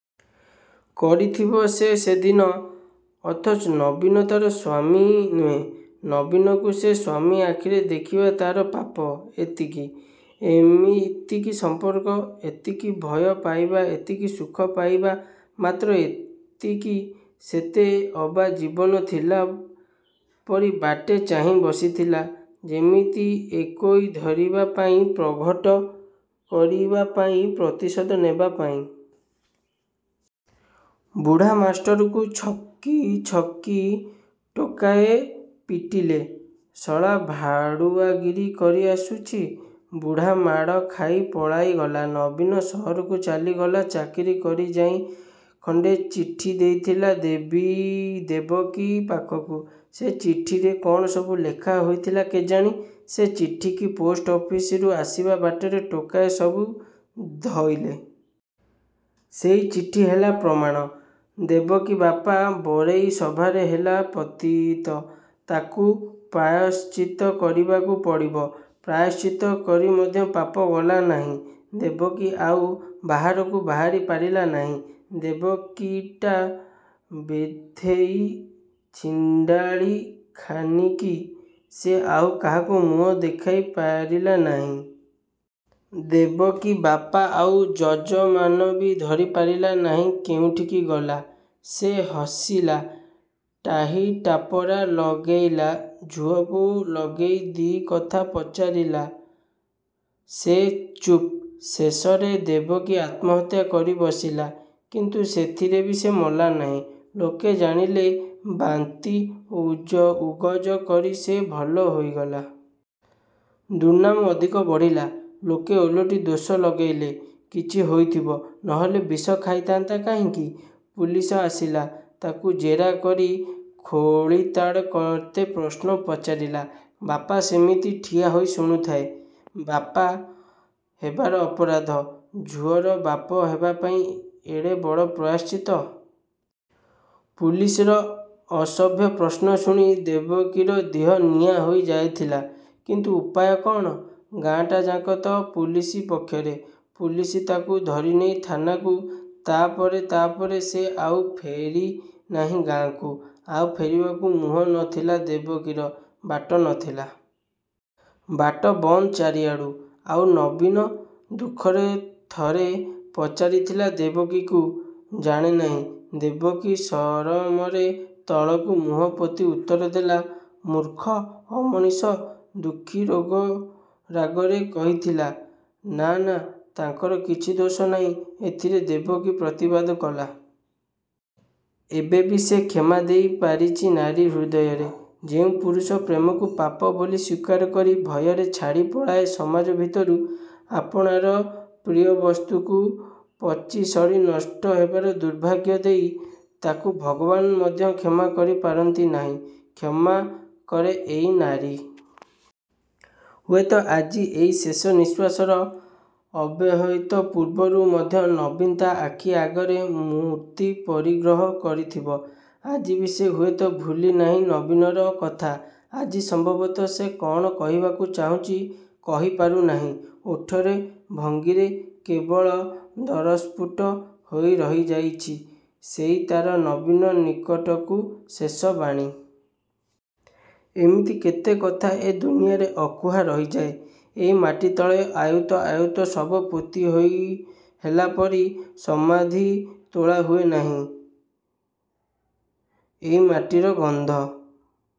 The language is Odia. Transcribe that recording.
କରିଥିବ ସେ ସେଦିନ। ଅଥଚ ନବୀନ ତା'ର ସ୍ୱାମୀ ନୁହେଁ। ନବୀନକୁ ସେ ସ୍ୱାମୀ ଆଖିରେ ଦେଖିବା ତା'ର ପାପ। ଏତିକି। ଏତିକି ସମ୍ପର୍କ। ଏତିକି ଭୟ ପାଇବା–ଏତିକି ସୁଖ ପାଇବା। ମାତ୍ର ଏତିକି। ସେତେ ଅବା ଜୀବନ ଥିଲା। ପରି ବାଟ ଚେଇଁ ବସିଥିଲା ଯେମିତି ଏକୁଇ ଧରିବାପାଇଁ–ପ୍ରଘଟ କରିବାପାଇଁ–ପ୍ରତିଶୋଧ ନେବା ପାଇଁ। ବୁଢ଼ା ମାଷ୍ଟରକୁ ଛକି ଛକି ଟୋକାଏ ପିଟିଲେ–ଶଳା ଭାଡ଼ୁଆଗିରି କରି ଆସୁଛି। ବୁଢାମାଡ଼ ଖାଇ ପଳାଇ ଗଲା। ନବୀନ ସହରକୁ ଚାଲିଗଲା ଚାକିରି କରି–ଯାଇ ଖଣ୍ଡେ ଚିଠି ଦେଇଥିଲା ଦେବକୀ ପାଖକୁ। ସେ ଚିଠିରେ କ'ଣ ସବୁ ଲେଖା ହୋଇଥିଲା କେଜାଣି–ସେ ଚିଠିକି ପୋଷ୍ଟ ଅଫିସରୁ ଆସିବା ବାଟରେ ଟୋକାଏ ସବୁ ଧଇଲେ। ସେଇ ଚିଠି ହେଲା ପ୍ରମାଣ। ଦେବକୀ ବାପା ବରେଇ ସଭାରେ ହେଲା ପତିତ। ତାକୁ ପ୍ରାୟଶ୍ଚିତ୍ତ କରିବାକୁ ପଡ଼ିବ। ପ୍ରାୟଶ୍ଚିତ୍ତ କରି ମଧ୍ୟ ପାପ ଗଲା ନାହିଁ। ଦେବକୀ ଆଉ ବାହାରକୁ ବାହାରି ପାରିଲା ନାହିଁ। ଦେବକୀଟା ବେଧେଇ, ଛିଣ୍ଡାଳି ଖାନିକି। ସେ ଆଉ କାହାକୁ ମୁହଁ ଦେଖାଇ ପାରିଲା ନାହିଁ। ଦେବକୀ ବାପା ଆଉ ଯଜମାନବି ଧରିପାରିଲା ନାହିଁ ଯେଉଁଠିକି ଗଲା, ସେ ହସିଲା, ଟାହି ଟାପରା ଲଗେଇଲା–ଝୁଅକୁ ଲଗେଇ ଦି'କଥା ପଚାରିଲା। ସେ ଚୁପ୍। ଶେଷରେ ଦେବକୀ ଆତ୍ମହତ୍ୟା କରି ବସିଲା। କିନ୍ତୁ ସେଥିରେବି ସେ ମଲା ନାହିଁ। ଲୋକେ ଜାଣିଲେ। ବାନ୍ତି ଉଗଜ କରି ସେ ଭଲ ହେଇଗଲା। ଦୁର୍ନାମ ଅଧିକ ବଢ଼ିଲା। ଲୋକେ ଓଲଟି ଦୋଷ ଲଗେଇଲେ–''କିଛି ହେଇଥିବ, ନହେଲେ ବିଷ ଖାଆନ୍ତା କାହିଁକି? ପୁଲିସ ଆସିଲା। ତାକୁ ଜେରା କରି ଖୋଳିତାଡ଼ି କେତେ ପ୍ରଶ୍ନ ପଚାରିଲା। ବାପ ସେମିତି ଠିଆ ହେଇ ଶୁଣୁଥାଏ। ବାପ ହେବାର ଅପରାଧ। ଝୁଅର ବାପ ହେବାପାଇଁ ଏଡ଼େ ବଡ଼ ପ୍ରାୟଶ୍ଚିତ୍ତ। ପୁଲିସର ଅସଭ୍ୟ ପ୍ରଶ୍ନ ଶୁଣି ଦେବକୀର ଦିହ ନିଆଁ ହେଇ ଯାଉଥିଲା। କିନ୍ତୁ ଉପାୟ କ'ଣ? ଗାଁଟାଯାକ ତ ପୁଲିସ ପକ୍ଷରେ। ପୁଲିସ ତାକୁ ଧରିନେଲେ ଥାନାକୁ। ତା'ପରେ–ତା'ପରେ। ସେ ଆଉ ଫେରି ନାହିଁ ଗାଁକୁ। ଆଉ ଫେରିବାକୁ ମୁହଁ ନଥିଲା ଦେବକୀର, ବାଟ ନଥିଲା। ବାଟ ବନ୍ଦ ଚାରିଆଡ଼ୁ। ''ଆଉ ନବୀନ? '' ଦୁଃଖୀ ଥରେ ପଚାରିଥିଲା ଦେବକୀକୁ। ''ଜାଣେ ନାହିଁ। '' ଦେବକୀ ସରମରେ ତଳକୁ ମୁହଁ ପୋତି ଉତ୍ତର ଦେଲା। ''ମୂର୍ଖ–ଅମଣିଷ। '' ଦୁଃଖୀ ରାଗରେ କହିଥିଲା। ''ନା–ନା ତାଙ୍କର କିଛି ଦୋଷ ନାହିଁ ଏଥିରେ। '' ଦେବକୀ ପ୍ରତିବାଦ କଲା। ଏବେବି ସେ କ୍ଷମା ଦେଇ ପାରିଛି ନାରୀ ହୃଦୟରେ। ଯେଉଁ ପୁରୁଷ ପ୍ରେମକୁ ପାପ ବୋଲି ସ୍ୱୀକାର କରି ଭୟରେ ଛାଡ଼ି ପଳାଏ ସମାଜ ଭିତରୁ, ଆପଣାର ପ୍ରିୟବସ୍ତୁକୁ ପଚି ଶଢ଼ି ନଷ୍ଟ ହେବାର ଦୁର୍ଭାଗ୍ୟ ଦେଇ, ତାକୁ ଭଗବାନ୍ ମଧ୍ୟ କ୍ଷମା କରି ପାରନ୍ତି ନାହିଁ–କ୍ଷମା କରେ ଏଇ ନାରୀ-। ହୁଏତ ଆଜି ଏଇ ଶେଷ ନିଃଶ୍ୱାସର ଅବ୍ୟବହିତ ପୂର୍ବରୁ ମଧ୍ୟ ନବୀନ ତା' ଆଖି ଆଗରେ ମୂର୍ତ୍ତି ପରିଗ୍ରହ କରିଥିବ। ଆଜିବି ସେ ହୁଏତ ଭୁଲି ନାହିଁ ନବୀନର କଥା। ଆଜି ସମ୍ଭବତଃ ସେ କ'ଣ କହିବାକୁ ଚାହୁଁଛି, କହିପାରୁ ନାହିଁ–ଓଠର ଭଙ୍ଗିରେ କେବଳ ଦରସ୍ଫୁଟ ହେଇ ରହିଯାଉଛି–ସେଇ ତା'ର ନବୀନ ନିକଟକୁ ଶେଷ ବାଣୀ। ଏମିତି କେତେ କଥା ଏ ଦୁନିଆରେ ଅକୁହା ରହିଯାଏଁ–ଏଇ ମାଟିତଳେ ଅୟୁତ ଅୟୁତ ଶବ ପୋତି ହେଲାପରି। ସମାଧିବି ତୋଳା ହୁଏ ନାହିଁ। ଏଇ ମାଟିର ଗନ୍ଧ,